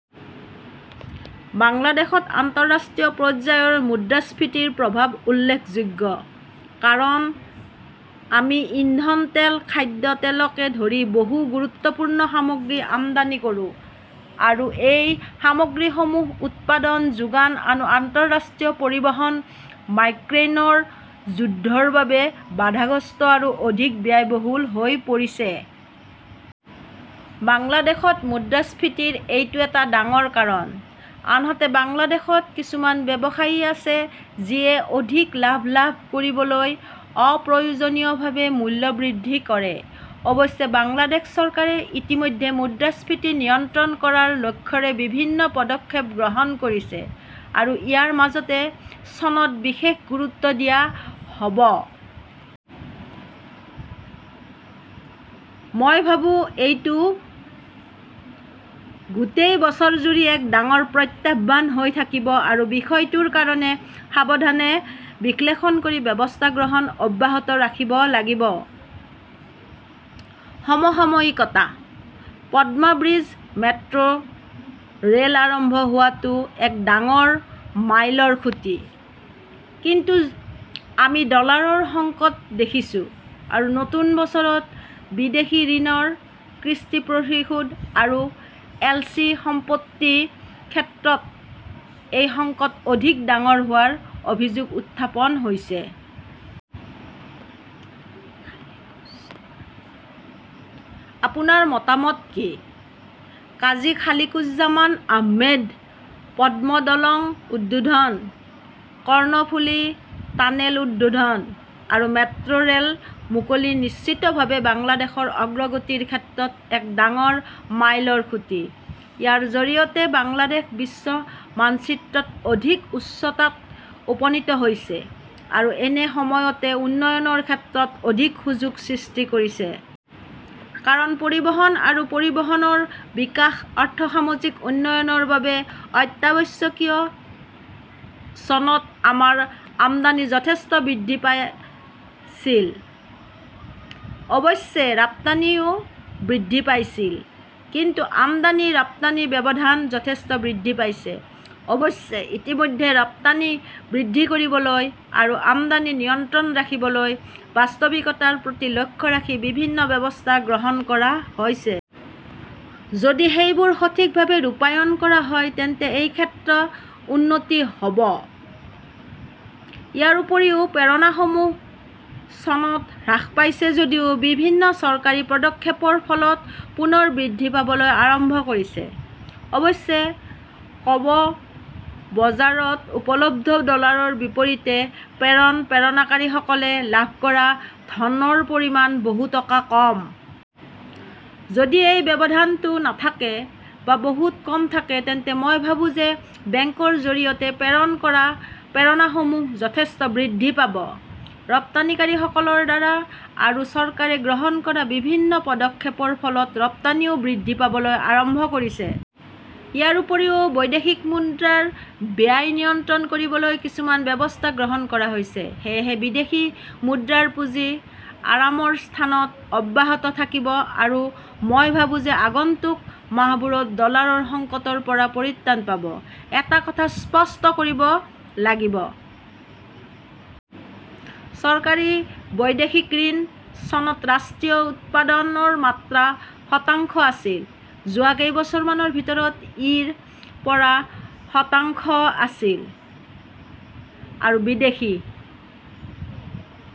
বাংলাদেশত আন্তঃৰাষ্ট্ৰীয় পৰ্যায়ৰ মুদ্ৰাস্ফীতিৰ প্ৰভাৱ উল্লেখযোগ্য। কাৰণ, আমি ইন্ধন তেল, খাদ্য তেলকে ধৰি বহুতো গুৰুত্বপূৰ্ণ সামগ্ৰী আমদানি কৰো আৰু এই সামগ্ৰীসমূহৰ উৎপাদন, যোগান আৰু আন্তঃৰাষ্ট্ৰীয় পৰিবহণ ইউক্ৰেইনৰ যুদ্ধৰ বাবে বাধাগ্ৰস্ত আৰু অধিক ব্যয়বহুল হৈ পৰিছে। বাংলাদেশত মুদ্ৰাস্ফীতিৰ এইটো এটা ডাঙৰ কাৰণ। আনহাতে বাংলাদেশত কিছুমান ব্যৱসায়ী আছে যিয়ে অধিক লাভ লাভ কৰিবলৈ অপ্ৰয়োজনীয়ভাৱে মূল্য বৃদ্ধি কৰে। অৱশ্যে বাংলাদেশ চৰকাৰে ইতিমধ্যে মুদ্ৰাস্ফীতি নিয়ন্ত্ৰণ কৰাৰ লক্ষ্যৰে বিভিন্ন পদক্ষেপ গ্ৰহণ কৰিছে আৰু ইয়াৰ মাজতে চনত বিশেষ গুৰুত্ব দিয়া হ 'ব। মই ভাবো যে এইটো গোটেই বছৰজুৰি এক ডাঙৰ প্ৰত্যাহ্বান হৈ থাকিব আৰু বিষয়টোৰ কাৰণবোৰ সাৱধানে বিশ্লেষণ কৰি ব্যৱস্থা গ্ৰহণ অব্যাহত ৰাখিব লাগিব। সমসাময়িকঃ পদ্মা ব্ৰীজ-মেট্ৰ "ৰেল আৰম্ভ হোৱাটো এক ডাঙৰ মাইলৰ খুঁটি। কিন্তু আমি ডলাৰৰ সংকট দেখিছোঁ আৰু নতুন বছৰত বিদেশী ঋণৰ কিস্তি পৰিশোধ আৰু এলচি নিষ্পত্তিৰ ক্ষেত্ৰত এই সংকট অধিক ডাঙৰ হোৱাৰ অভিযোগ উত্থাপন হৈছে। আপোনাৰ মতামত কি? কাজী খালিকুজ্জমান আহমেদঃ পদ্মা দলং উদ্বোধন, কৰ্ণফুলি টানেল উদ্বোধন আৰু মেট্ৰ "ৰেল মুকলি নিশ্চিতভাৱে বাংলাদেশৰ অগ্ৰগতিৰ ক্ষেত্ৰত এক ডাঙৰ মাইলৰ খুঁটি। ইয়াৰ জৰিয়তে বাংলাদেশ বিশ্ব মানচিত্ৰত অধিক উচ্চতাত উপনীত হৈছে আৰু একে সময়তে উন্নয়নৰ ক্ষেত্ৰত অধিক সুযোগ সৃষ্টি কৰিছে। কাৰণ পৰিবহণ আৰু পৰিবহণৰ বিকাশ অৰ্থ-সামাজিক উন্নয়নৰ বাবে অত্যাৱশ্যকীয়। চনত আমাৰ আমদানি যথেষ্ট বৃদ্ধি পাইছিল, অৱশ্যে ৰপ্তানিও বৃদ্ধি পাইছিল। কিন্তু আমদানি-ৰপ্তানিৰ ব্যৱধান যথেষ্ট বৃদ্ধি পাইছে। অৱশ্যে, ইতিমধ্যে ৰপ্তানি বৃদ্ধি কৰিবলৈ আৰু আমদানি নিয়ন্ত্ৰণত ৰাখিবলৈ বাস্তৱিকতাৰ প্ৰতি লক্ষ্য ৰাখি বিভিন্ন ব্যৱস্থা গ্ৰহণ কৰা হৈছে। যদি সেইবোৰ সঠিকভাৱে ৰূপায়ণ কৰা হয় তেন্তে এই ক্ষেত্ৰত উন্নতি হ 'ব। ইয়াৰ উপৰিও, প্ৰেৰণাসমূহ চনত হ্ৰাস পাইছে যদিও বিভিন্ন চৰকাৰী পদক্ষেপৰ ফলত পুনৰ বৃদ্ধি পাবলৈ আৰম্ভ কৰিছে। অৱশ্যে, কৰ্ব বজাৰত উপলব্ধ ডলাৰৰ বিপৰীতে প্ৰেৰণ প্ৰেৰণকাৰীসকলে লাভ কৰা ধনৰ পৰিমাণ বহু টকা কম। যদি এই ব্যৱধানটো নাথাকে বা বহুত কম থাকে তেন্তে মই ভাবো যে বেংকৰ জৰিয়তে প্ৰেৰণ কৰা প্ৰেৰণাসমূহ যথেষ্ট বৃদ্ধি পাব। ৰপ্তানিকাৰীসকলৰ দ্বাৰা আৰু চৰকাৰে গ্ৰহণ কৰা বিভিন্ন পদক্ষেপৰ ফলত ৰপ্তানিও বৃদ্ধি পাবলৈ আৰম্ভ কৰিছে। ইয়াৰ উপৰিও বৈদেশিক মুদ্ৰাৰ ব্যয় নিয়ন্ত্ৰণ কৰিবলৈ কিছুমান ব্যৱস্থা গ্ৰহণ কৰা হৈছে। সেয়েহে বিদেশী মুদ্ৰাৰ পুঁজি আৰামৰ স্থানত অব্যাহত থাকিব আৰু মই ভাবো যে আগন্তুক মাহবোৰত ডলাৰৰ সংকটৰ পৰা পৰিত্ৰাণ পাব। এটা কথা স্পষ্ট কৰিব লাগিব। চৰকাৰী বৈদেশিক ঋণ চনত ৰাষ্ট্ৰীয় উৎপাদন ৰ মাত্ৰ শতাংশ আছিল। যোৱা কেইবছৰমানৰ ভিতৰত ই ৰ পৰা শতাংশ আছিল। আৰু বিদেশী